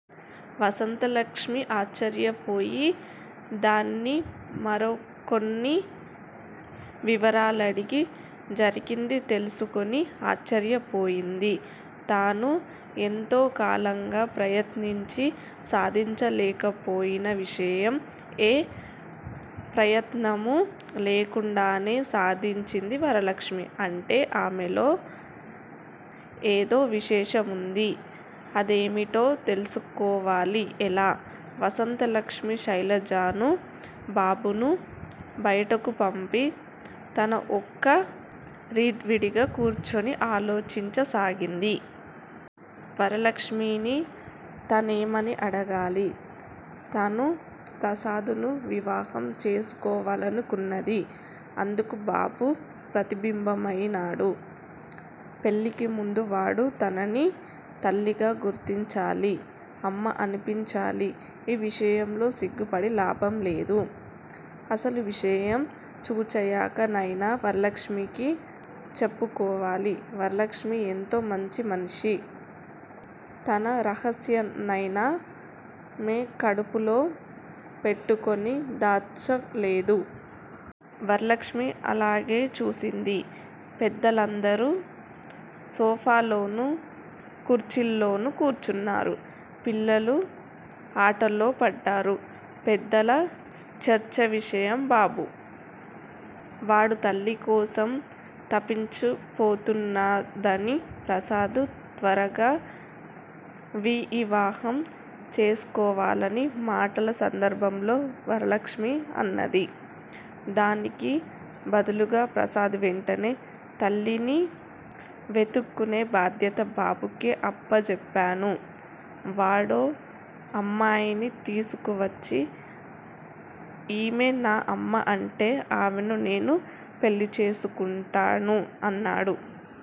వసంతలక్ష్మి ఆశ్చర్యపోయి దాన్ని మరొకొన్ని వివరాలడిగి జరిగింది తెలుసుకుని ఆశ్చర్యపోయింది. తను ఎంతోకాలంగా ప్రయత్నించి సాధించలేకపోయిన విశేషం ఎ ప్రయత్నమూ లేకుండానే సాధించింది వరలక్ష్మి. అంటే ఆమెలో ఏదోవిశేషముంది. అదేమిటో తెలుసుకోవాలి ఎలా? వసంతలక్ష్మి శైలజనూ, బాబునూ బయటకుపంపి తన ఒక్క ర్తీవిడిగా కూర్చుని అలోచించసాగింది. వరలక్ష్మిని తనేమని అడగాలి? తను ప్రసాదును వివాహం చేసుకోవలనుకున్నది. అందుకు బాబు ప్రతిబంధకమైనాడు. పెళ్ళికిముందే వాడు తనని తల్లిగా గుర్తించాలి. అమ్మా అనిపించాలి. ఈ విషయంలో సిగ్గుపడి లాభంలేదు. అసలువిషయం చూచాయగా నైనా వరలక్ష్మికి చెప్పుకోవాలి. వరలక్ష్మి ఎంతో మంచిమనిషి. తన రహస్యనైన మే కడుపులో పెట్టుకుని దాచలేదు. వరలక్ష్మి అలాగే చూసింది. పెద్దలందరూ సోఫాల్లోనూ, కుర్చీల్లోనూ కూర్చున్నారు. పిల్లలు ఆటల్లోపడ్డారు. పెద్దల చర్చావిషయం బాబు. వాడుతల్లికోసం తపించిపోతున్నాదనీ ప్రసాదు త్వరగా విఇవాహం చేసుకోవాలనీ మాటల సందర్భంలో వరలక్ష్మి అన్నది. దానికి బదులుగా ప్రసాదు వెంటనే __ తల్లిని వెదుక్కునే బాధ్యత బాబుకే అప్పజెప్పాను. వాడో అమ్మాయిని తీసుకువచ్చి ఈమె నా అమ్మ అంటే ఆమెను నేను పెళ్ళిచేసుకుంటాను అన్నాడు.